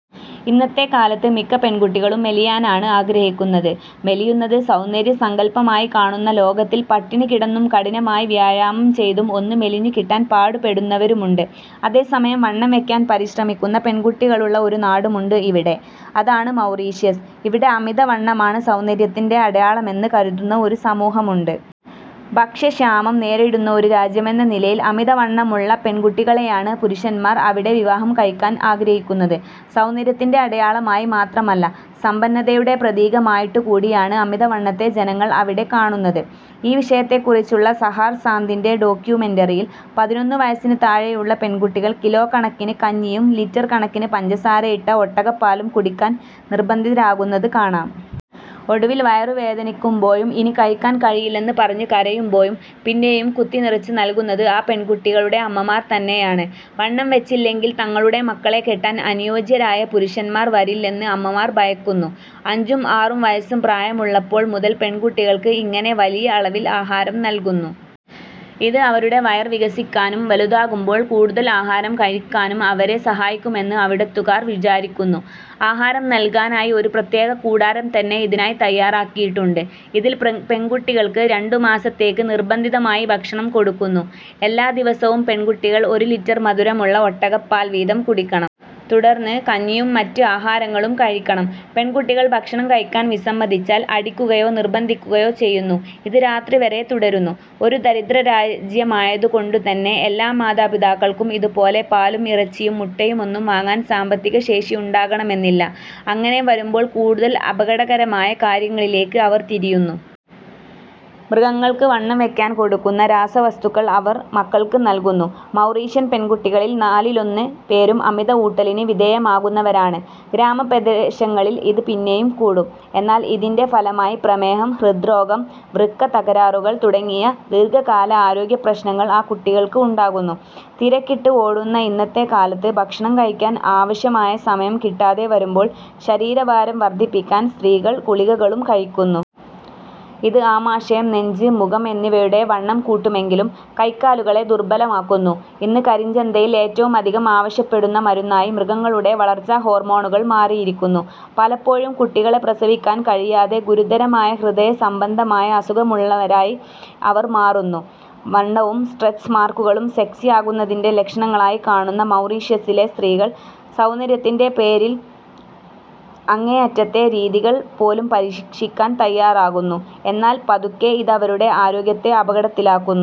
ഇന്നത്തെ കാലത്ത് മിക്ക പെൺകുട്ടികളും മെലിയാനാണ് ആഗ്രഹിക്കുന്നത്. മെലിയുന്നത് സൗന്ദര്യസങ്കല്പമായി കാണുന്ന ലോകത്തിൽ പട്ടിണി കിടന്നും കഠിനമായി വ്യായാമം ചെയ്തും ഒന്ന് മെലിഞ്ഞു കിട്ടാൻ പാടുപെടുന്നവരുമുണ്ട്. അതേസമയം വണ്ണം വയ്ക്കാൻ പരിശ്രമിക്കുന്ന പെൺകുട്ടികളുള്ള ഒരു നാടുമുണ്ട് ഇവിടെ. അതാണ് മൗറീഷ്യസ്. അവിടെ അമിതവണ്ണമാണ് സൗന്ദര്യത്തിൻ്റെ അടയാളമെന്ന് കരുതുന്ന ഒരു സമൂഹമുണ്ട്. ഭക്ഷ്യക്ഷാമം നേരിടുന്ന ഒരു രാജ്യമെന്ന നിലയിൽ അമിതവണ്ണമുള്ള പെൺകുട്ടികളെയാണ് പുരുഷന്മാർ അവിടെ വിവാഹം കഴിക്കാൻ ആഗ്രഹിക്കുന്നത്. സൗന്ദര്യത്തിൻ്റെ അടയാളമായി മാത്രമല്ല, സമ്പന്നതയുടെ പ്രതീകമായിട്ടുകൂടിയാണ് അമിതവണ്ണത്തെ ജനങ്ങൾ അവിടെ കാണുന്നത്.ഈ വിഷയത്തെക്കുറിച്ചുള്ള സഹാർ സാന്ദിൻ്റെ ഡോക്യുമെന്ററിയിൽ പതിനൊന്ന് വയസ്സിന് താഴെയുള്ള പെൺകുട്ടികൾ കിലോക്കണക്കിന് കഞ്ഞിയും ലിറ്റർ കണക്കിന് പഞ്ചസാരയിട്ട ഒട്ടകപ്പാലും കുടിക്കാൻ നിർബന്ധിതരാകുന്നത് കാണാം. ഒടുവിൽ വയറുവേദനിക്കുമ്പോഴും ഇനി കഴിക്കാൻ കഴിയില്ലെന്ന് പറഞ്ഞ് കരയുമ്പോഴും പിന്നെയും കുത്തിനിറച്ച് നൽകുന്നത് ആ പെൺകുട്ടികളുടെ അമ്മമാർ തന്നെയാണ്. വണ്ണം വച്ചില്ലെങ്കിൽ തങ്ങളുടെ മക്കളെ കെട്ടാൻ അനുയോജ്യരായ പുരുഷന്മാർ വരില്ലെന്ന് അമ്മമാർ ഭയക്കുന്നു. അഞ്ചും ആറും വയസ്സ് പ്രായമുള്ളപ്പോൾ മുതൽ പെൺകുട്ടികൾക്ക് ഇങ്ങനെ വലിയ അളവിൽ ആഹാരം നൽകുന്നു. ഇത് അവരുടെ വയർ വികസിക്കാനും വലുതാകുമ്പോൾ കൂടുതൽ ആഹാരം കഴിക്കാനും അവരെ സഹായിക്കുമെന്ന് അവിടുത്തുകാർ വിചാരിക്കുന്നു. ആഹാരം നൽകാനായി ഒരു പ്രത്യേക കൂടാരം തന്നെ ഇതിനായി തയ്യാറാക്കിയിട്ടുണ്ട്. ഇതിൽ പ്ര പെൺകുട്ടികൾക്ക് രണ്ടുമാസത്തേക്ക് നിർബന്ധിതമായി ഭക്ഷണം കൊടുക്കുന്നു. എല്ലാ ദിവസവും പെൺകുട്ടികൾ ഒരു ലിറ്റർ മധുരമുള്ള ഒട്ടകപ്പാൽ വീതം കുടിക്കണം. തുടർന്ന് കഞ്ഞിയും മറ്റ് ആഹാരങ്ങളും കഴിക്കണം. പെൺകുട്ടികൾ ഭക്ഷണം കഴിക്കാൻ വിസമ്മതിച്ചാൽ അടിക്കുകയോ നിർബന്ധിക്കുകയോ ചെയ്യുന്നു. ഇത് രാത്രി വരെ തുടരുന്നു. ഒരു ദരിദ്രരാജ്യമായതുകൊണ്ടുതന്നെ എല്ലാ മാതാപിതാക്കൾക്കും ഇതുപോലെ പാലും ഇറച്ചിയും മുട്ടയുമൊന്നും വാങ്ങാൻ സാമ്പത്തിക ശേഷിയുണ്ടാകണമെന്നില്ല. അങ്ങനെ വരുമ്പോൾ കൂടുതൽ അപകടകരമായ കാര്യങ്ങളിലേയ്ക്ക് അവർ തിരിയുന്നു. മൃഗങ്ങൾക്ക് വണ്ണം വയ്ക്കാൻ കൊടുക്കുന്ന രാസവസ്തുക്കൾ അവർ മക്കൾക്ക് നൽകുന്നു. മൗറീഷ്യൻ പെൺകുട്ടികളിൽ നാലിലൊന്ന് പേരും അമിത ഊട്ടലിന് വിധേയമാകുന്നവരാണ്. ഗ്രാമപ്രദേശങ്ങളിൽ ഇത് പിന്നെയും കൂടും. എന്നാൽ ഇതിൻ്റെ ഫലമായി പ്രമേഹം, ഹൃദ്രോഗം, വൃക്ക തകരാറുകൾ തുടങ്ങിയ ദീർഘകാല ആരോഗ്യപ്രശ്നങ്ങൾ ആ കുട്ടികൾക്ക് ഉണ്ടാകുന്നു. തിരക്കിട്ട് ഓടുന്ന ഇന്നത്തെ കാലത്ത് ഭക്ഷണം കഴിക്കാൻ ആവശ്യമായ സമയം കിട്ടാതെ വരുമ്പോൾ ശരീരഭാരം വർദ്ധിപ്പിക്കാൻ സ്ത്രീകൾ ഗുളികകളും കഴിക്കുന്നു. ഇത് ആമാശയം, നെഞ്ച്, മുഖം എന്നിവയുടെ വണ്ണം കൂട്ടുമെങ്കിലും കൈകാലുകളെ ദുർബലമാക്കുന്നു. ഇന്ന് കരിഞ്ചന്തയിൽ ഏറ്റവുമധികം ആവശ്യപ്പെടുന്ന മരുന്നായി മൃഗങ്ങളുടെ വളർച്ചാ ഹോർമോണുകൾ മാറിയിരിക്കുന്നു. പലപ്പോഴും കുട്ടികളെ പ്രസവിക്കാൻ കഴിയാതെ ഗുരുതരമായ ഹൃദയസംബന്ധമായ അസുഖങ്ങളുള്ളവരായി അവർ മാറുന്നു. വണ്ണവും സ്ട്രെച്ച് മാർക്കുകളും സെക്സിയാകുന്നതിൻ്റെ ലക്ഷണങ്ങളായി കാണുന്ന മൗറീഷ്യസിലെ സ്ത്രീകൾ സൗന്ദര്യത്തിൻ്റെ പേരിൽ അങ്ങേയറ്റത്തെ രീതികൾ പോലും പരീക്ഷിക്ഷിക്കാൻ തയ്യാറാകുന്നു. എന്നാൽ പതുക്കെ ഇതവരുടെ ആരോഗ്യത്തെ അപകടത്തിലാക്കുന്നു.